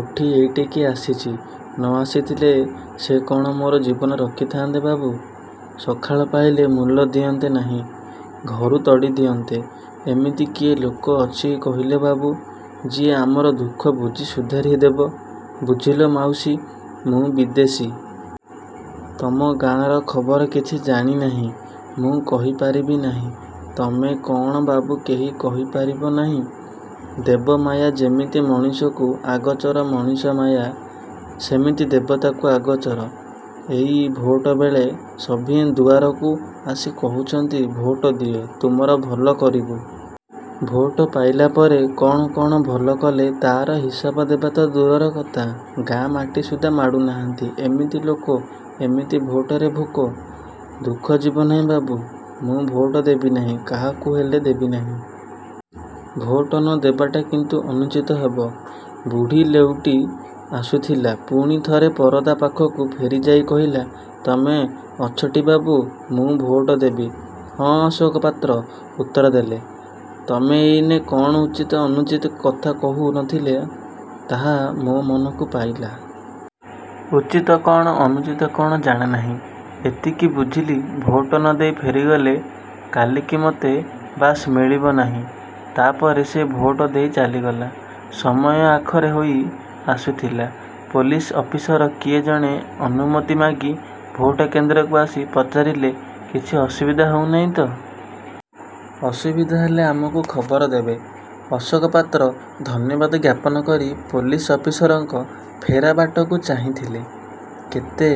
ଉଠି ଏଇଠିକି ଆସିଛି। ନ ଆସିଥିଲେ ସେ କଣ ମୋର ଜୀବନ ରଖିଥାଆନ୍ତେ ବାବୁ। ସଖାଳ ପାହିଲେ ମୂଲ ଦିଅନ୍ତେ ନାହିଁ। ଘରୁ ତଡ଼ି ଦିଅନ୍ତେ। ଏମିତି କିଏ ଲୋକ ଅଛି କହିଲେ ବାବୁ, ଯିଏ ଆମର ଦୁଃଖ ବୁଝି ସୁଧାରି ଦେବ? ବୁଝିଲ ମାଉସୀ, ମୁଁ ବିଦେଶୀ। ତମ ଗାଁର ଖବର କିଛି ଜାଣି ନାହିଁ। ମୁଁ କହିପାରିବି ନାହିଁ। ତମେ କଣ ବାବୁ କେହି କହିପାରିବ ନାହିଁ! ଦେବ ମାୟା ଯେମିତି ମଣିଷକୁ ଆଗୋଚର, ମଣିଷ ମାୟା ସେମିତି ଦେବତାକୁ ଆଗୋଚର। ଏଇ ଭୋଅଟବେଳେ ସଭିଏଁ ଦୁଆରକୁ ଆସି କହୁଛନ୍ତି, ଭୋଟ ଦିଅ, ତୁମର ଭଲ କରିବୁ। ଭୋଟ ପାଇଲା ପରେ କଣ କଣ ଭଲ କଲେ ତା'ର ହିସାବ ଦେବା ତ ଦୂରର କଥା, ଗାଁ ମାଟି ସୁଦ୍ଧା ମାଡ଼ୁ ନାହାନ୍ତି। ଏମିତି ଲୋକ, ଏମିତି ଭୋଟରେ ଭୋକ, ଦୁଃଖ ଯିବ ନାହିଁ ବାବୁ। ମୁଁ ଭୋଟ ଦେବି ନାହିଁ। କାହାକୁ ହେଲେ ଦେବି ନାହିଁ। ଭୋଟ ନ ଦେବାଟା କିନ୍ତୁ ଅନୁଚିତ ହେବ। ବୁଢ଼ୀ ଲେଉଟି ଆସୁଥିଲା। ପୁଣି ଥରେ ପରଦା ପାଖକୁ ଫେରି ଯାଇ କହିଲା, ତମେ ଅଛଟି ବାବୁ? ମୁଁ ଭୋଟ ଦେବି। ହଁ, ଅଶୋକ ପାତ୍ର ଉତ୍ତର ଦେଲେ। ତମେ ଏଇନେ କଣ ଉଚିତ, ଅନୁଚିତ କଥା କହୁ ନ ଥିଲେ, ତାହା' ମୋ ମନକୁ ପାଇଲା। ଉଚିତ କଣ, ଅନୁଚିତ କଣ ଜାଣେ ନାହିଁ। ଏତିକି ବୁଝିଲି ଭୋଟ ନ ଦେଇ ଫେରିଗଲେ କାଲିକି ମୋତେ ବାସ ମିଳିବ ନାହିଁ। ତା'ପରେ ସେ ଭୋଟ ଦେଇ ଚାଲିଗଲା। ସମୟ ଆଖରେ ହୋଇ ଆସୁଥିଲା। ପୋଲିସ ଅଫିସର କିଏ ଜଣେ ଅନୁମତି ମାଗି ଭୋଟକେନ୍ଦ୍ରକୁ ଆସି ପଚାରିଲେ, କିଛି ଅସୁବିଧା ହଉ ନାହିଁ ତ? ଅସୁବିଧା ହେଲେ ଆମକୁ ଖବର ଦେବେ। ଅଶୋକ ପାତ୍ର ଧନ୍ୟବାଦ ଜ୍ଞାପନ କରି ପୋଲିସ ଅଫିସରଙ୍କ ଫେରା ବାଟକୁ ଚାହିଁଥିଲେ। କେତେ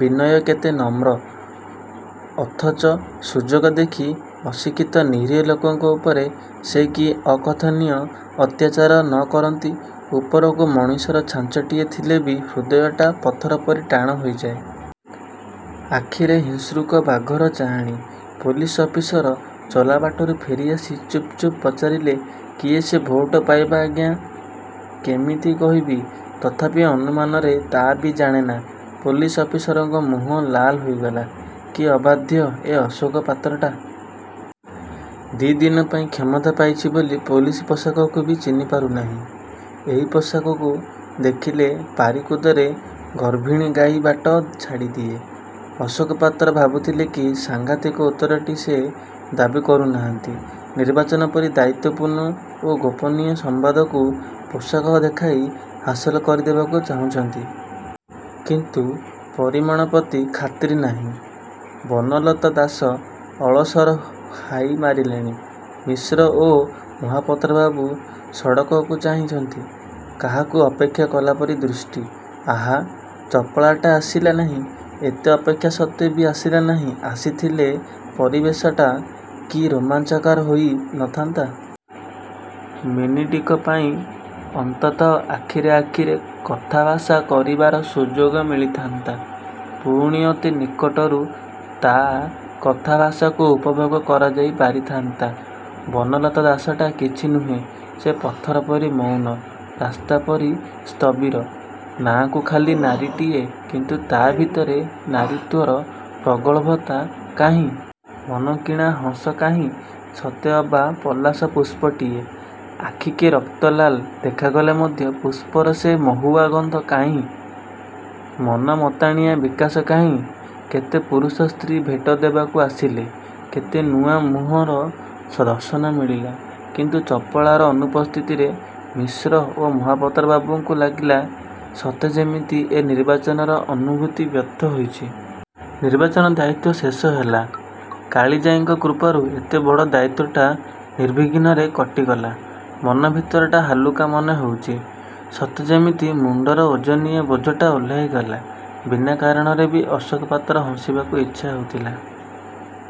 ବିନୟ କେତେ ନମ୍ର! ଅଥଚ ସୁଯୋଗ ଦେଖି ଅଶିକ୍ଷିତ, ନିରୀହ ଲୋକଙ୍କ ଉପରେ ସେକି ଅକଥନୀୟ ଅତ୍ୟାଚାର ନ କରନ୍ତି। ଉପରକୁ ମଣିଷର ଛାଞ୍ଚଟିଏ ଥିଲେ ବି ହୃଦୟଟା ପଥର ପରି ଟାଣ ହୋଇଯାଏ। ଆଖିରେ ହିଂସ୍ରୁକ ବାଘର ଚାହାଣୀ! ପୋଲିସ ଅଫିସର ଚଲାବାଟରୁ ଫେରି ଆସି ଚୁପ୍ ଚୁପ୍ ପଚାରିଲେ, କିଏସେ ଭୋଟ ପାଇବ ଆଜ୍ଞା? କେମିତି କହିବି? ତଥାପି, ଅନୁମାନରେ ତା' ବି ଜାଣେ ନା। ପୋଲିସ ଅଫିସରଙ୍କ ମୁହଁ ଲାଲ ହୋଇଗଲା। କି ଅବାଧ୍ୟ ଏ ଅଶୋକ ପାତ୍ରଟା! ଦି'ଦିନପାଇଁ କ୍ଷମତା ପାଇଛି ବୋଲି ପୋଲିସ ପୋଷାକକୁ ବି ଚିହ୍ନି ପାରୁ ନାହିଁ। ଏଇ ପୋଷାକକୁ ଦେଖିଲେ ପାରିକୁଦରେ ଗର୍ଭିଣୀ ଗାଈ ବାଟ ଛାଡ଼ିଦିଏ। ଅଶୋକ ପାତ୍ର ଭାବୁଥିଲେ, କି ସାଂଘାତିକ ଉତ୍ତରଟି ସେ ଦାବୀ କରୁ ନାହାନ୍ତି। ନିର୍ବାଚନ ପରି ଦାୟିତ୍ୱପୂନ୍ନୁଓ ଗୋପନୀୟ ସମ୍ୱାଦକୁ ପୋଷାକ ଦେଖାଇ ହାସଲ କରିଦେବାକୁ ଚାହୁଛନ୍ତି। କିନ୍ତୁ ପରିଣାମ ପ୍ରତି ଖାତିର ନାହିଁ। ବନଲତା ଦାସ ଅଳସର ହାଇ ମାରିଲେଣି। ମିଶ୍ର ଓ ମହାପତ୍ରବାବୁ ସଡ଼କକୁ ଚାହିଁଛନ୍ତି। କାହାକୁ ଅପେକ୍ଷା କଲାପରି ଦୃଷ୍ଟି। ଆଃ, ଚପଳାଟା ଆସିଲା ନାହିଁ। ଏତେ ଅପେକ୍ଷା ସତ୍ୱେ ବି ଆସିଲା ନାହିଁ। ଆସିଥିଲେ ପରିବେଶଟା କି ରୋମାଞ୍ଚକାର ହୋଇ ନ ଥାନ୍ତା! ମିନିଟିକପାଇଁ ଅନ୍ତତଃ ଆଖିରେ, ଆଖିରେ କଥାଭାଷା କରିବାର ସୁଯୋଗ ମିଳିଥାନ୍ତା। ପୁଣି ଅତି ନିକଟରୁ ତା କଥାଭାଷାକୁ ଉପଭୋଗ କରାଯାଇ ପାରିଥାନ୍ତା। ବନଲତା ଦାସଟା କିଛି ନୁହେଁ। ସେ ପଥରପରି ମୌନ, ରାସ୍ତାପରି ସ୍ଥବିର, ନାଁକୁ ଖାଲି ନାରୀଟିଏ, କିନ୍ତୁ ତା' ଭିତରେ ନାରୀତ୍ୱର ପ୍ରଗଳ୍ଭତା କାହିଁ? ମନକିଣା ହସ କାହିଁ? ସତେ ଅବା ପଲାଶ ପୁଷ୍ପଟିଏ। ଆଖିକି ରକ୍ତଲାଲ ଦେଖାଗଲେ ମଧ୍ୟ ପୁଷ୍ପର ସେ ମହୁଆ ଗନ୍ଧ କାହିଁ? ମନ ମତାଣିଆ ବିକାଶ କାହିଁ? କେତେ ପୁରୁଷ ସ୍ତ୍ରୀ–ଭେଟ ଦେବାକୁ ଆସିଲେ। କେତେ ନୂଆ ମୁହଁର ସ ଦର୍ଶନ ମିଲିଲା-। କିନ୍ତୁ ଚପଳାର ଅନୁପସ୍ଥିତିରେ ମିଶ୍ର ଓ ମହାପତ୍ର ବାବୁଙ୍କୁ ଲାଗିଲା, ସତେ ଯେମିତି ଏ ନିର୍ବାଚନର ଅନୁଭୂତି ବ୍ୟର୍ଥ ହୋଇଛି। ନିର୍ବାଚନ ଦାୟିତ୍ୱ ଶେଷ ହେଲା। କାଳିଜାଈଙ୍କ କୃପାରୁ ଏତେ ବଡ଼ ଦାୟିତ୍ୱଟା ନିର୍ବିଘ୍ନରେ କଟିଗଲା। ମନ ଭିତରଟା ହାଲୁକା ମନେ ହେଉଛି। ସତେ ଯେମିତି ମୁଣ୍ଡର ଓଜନିଆ ବୋଝଟା ଓହ୍ଲାଇଗଲା। ବିନା କାରଣରେ ବି ଅଶୋକ ପାତ୍ର ହସିବାକୁ ଇଚ୍ଛା ହେଉଥିଲା।